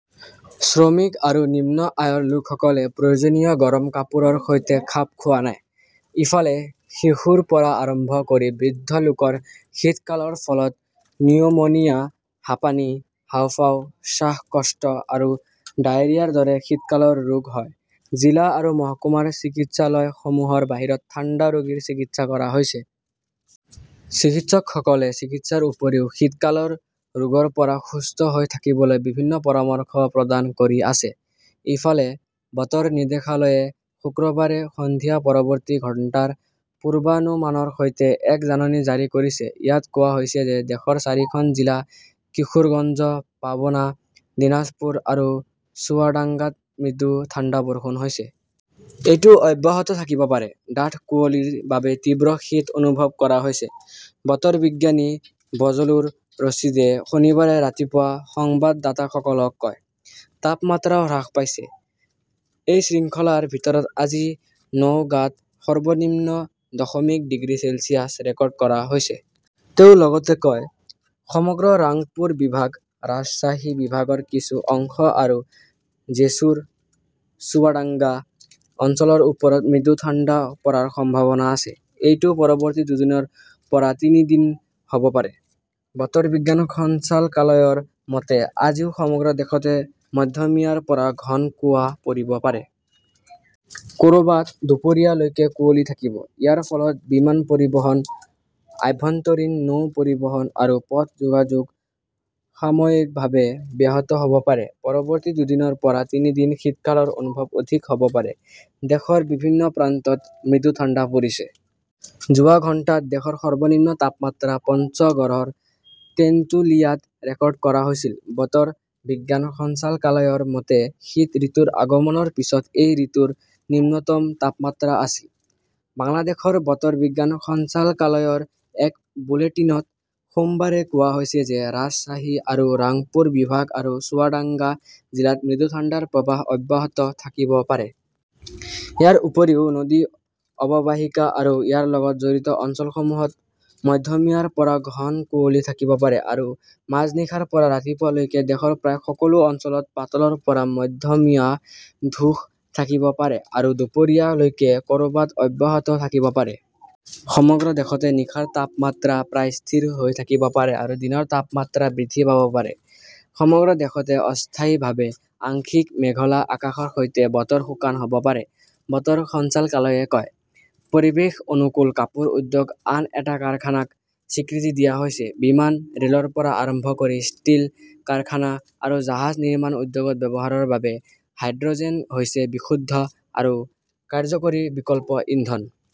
শ্ৰমিক আৰু নিম্ন আয়ৰ লোকসকলে প্ৰয়োজনীয় গৰম কাপোৰৰ সৈতে খাপ খোৱা নাই। ইফালে, শিশুৰ পৰা আৰম্ভ কৰি বৃদ্ধ লোকৰ শীতকালৰ ফলত নিউমোনিয়া, হাঁপানি, হাঁওফাঁও, শ্বাসকষ্ট আৰু ডায়েৰিয়াৰ দৰে শীতকালৰ ৰোগ হয়। জিলা আৰু মহকুমাৰ চিকিৎসালয়সমূহৰ বাহিৰত ঠাণ্ডা ৰোগীৰ চিকিৎসা কৰা হৈছে। চিকিৎসকসকলে চিকিৎসাৰ উপৰিও শীতকালৰ ৰোগৰ পৰা সুস্থ হৈ থাকিবলৈ বিভিন্ন পৰামৰ্শ প্ৰদান কৰি আছে। ইফালে, বতৰ নিৰ্দেশালয়ে শুক্ৰবাৰে সন্ধিয়া পৰৱৰ্তী ঘণ্টাৰ পূৰ্বানুমানৰ সৈতে এক জাননী জাৰি কৰিছে। ইয়াত কোৱা হৈছে যে ,দেশৰ চাৰিখন জিলা কিশোৰগঞ্জ, পাবনা, দিনাজপুৰ আৰু চুৱাডাঙ্গাত মৃদু ঠাণ্ডা বৰষুণ হৈছে। এইটো অব্যাহত থাকিব পাৰে। "ডাঠ কুঁৱলীৰ বাবে তীব্ৰ শীত অনুভৱ কৰা হৈছে", বতৰ বিজ্ঞানী বজলুৰ ৰছিদে শনিবাৰে ৰাতিপুৱা সংবাদদাতাসকলক কয়। তাপমাত্ৰাও হ্ৰাস পাইছে। এই শৃংখলাৰ ভিতৰত আজি নওগাঁত সৰ্বনিম্ন দশমিক ডিগ্ৰী চেলছিয়াছ ৰেকৰ্ড কৰা হৈছে। তেওঁ লগতে কয়, "সমগ্ৰ ৰাংপুৰ বিভাগ, ৰাজশ্বাহী বিভাগৰ কিছু অংশ আৰু জেছুৰ, চুৱাডাঙ্গা অঞ্চলৰ ওপৰত মৃদু ঠাণ্ডা পৰাৰ সম্ভাৱনা আছে। এইটো পৰৱৰ্তী দুদিনৰ পৰা তিনি দিন হ'ব পাৰে।" বতৰ বিজ্ঞান সঞ্চালকালয়ৰ মতে, আজিও সমগ্ৰ দেশতে মধ্যমীয়াৰ পৰা ঘন কুৱা পৰিব পাৰে। ক'ৰবাত দুপৰীয়া লৈকে কুঁৱলী থাকিব। ইয়াৰ ফলত বিমান পৰিবহণ, আভ্যন্তৰীণ নৌ পৰিবহণ আৰু পথ যোগাযোগ সাময়িকভাৱে ব্যাহত হ'ব পাৰে। পৰৱৰ্তী দুদিনৰ পৰা তিনি দিন শীতকালৰ অনুভৱ অধিক হ'ব পাৰে। দেশৰ বিভিন্ন প্ৰান্তত মৃদু ঠাণ্ডা পৰিছে। যোৱা ঘণ্টাত দেশৰ সৰ্বনিম্ন তাপমাত্ৰা পঞ্চগড়ৰ তেন্তুলিয়াত ৰেকৰ্ড কৰা হৈছিল। বতৰ বিজ্ঞান সঞ্চালকালয়ৰ মতে, শীত ঋতুৰ আগমনৰ পিছত এই ঋতুৰ নিম্নতম তাপমাত্ৰা আছিল। বাংলাদেশৰ বতৰ বিজ্ঞান সঞ্চালকালয়ৰ এক বুলেটিনত সোমবাৰে কোৱা হৈছে যে ,ৰাজশ্বাহী আৰু ৰাংপুৰ বিভাগ আৰু চুৱাডাঙ্গা জিলাত মৃদু ঠাণ্ডাৰ প্ৰৱাহ অব্যাহত থাকিব পাৰে। ইয়াৰ উপৰিও নদী অৱবাহিকা আৰু ইয়াৰ লগত জড়িত অঞ্চলসমূহত মধ্যমীয়াৰ পৰা ঘন কুঁৱলী থাকিব পাৰে আৰু মাজনিশাৰ পৰা ৰাতিপুৱা লৈকে দেশৰ প্ৰায় সকলো অঞ্চলত পাতলৰ পৰা মধ্যমীয়া ধূস থাকিব পাৰে আৰু দুপৰীয়া লৈকে ক'ৰবাত অব্যাহত থাকিব পাৰে। সমগ্ৰ দেশতে নিশাৰ তাপমাত্ৰা প্ৰায় স্থিৰ হৈ থাকিব পাৰে আৰু দিনৰ তাপমাত্ৰা বৃদ্ধি পাব পাৰে। সমগ্ৰ দেশতে অস্থায়ীভাৱে আংশিক মেঘলা আকাশৰ সৈতে বতৰ শুকান হ'ব পাৰে, বতৰ সঞ্চালকালয়ই কয়। পৰিৱেশ অনুকূল কাপোৰ উদ্যোগ আন এটা কাৰখানাক স্বীকৃতি দিয়া হৈছে বিমান ,ৰে'লৰ পৰা আৰম্ভ কৰি ষ্টীল কাৰখানা আৰু জাহাজ নিৰ্মাণ উদ্যোগত ব্যৱহাৰৰ বাবে হাইড্ৰ'জেন হৈছে বিশুদ্ধ আৰু কাৰ্যকৰী বিকল্প ইন্ধন।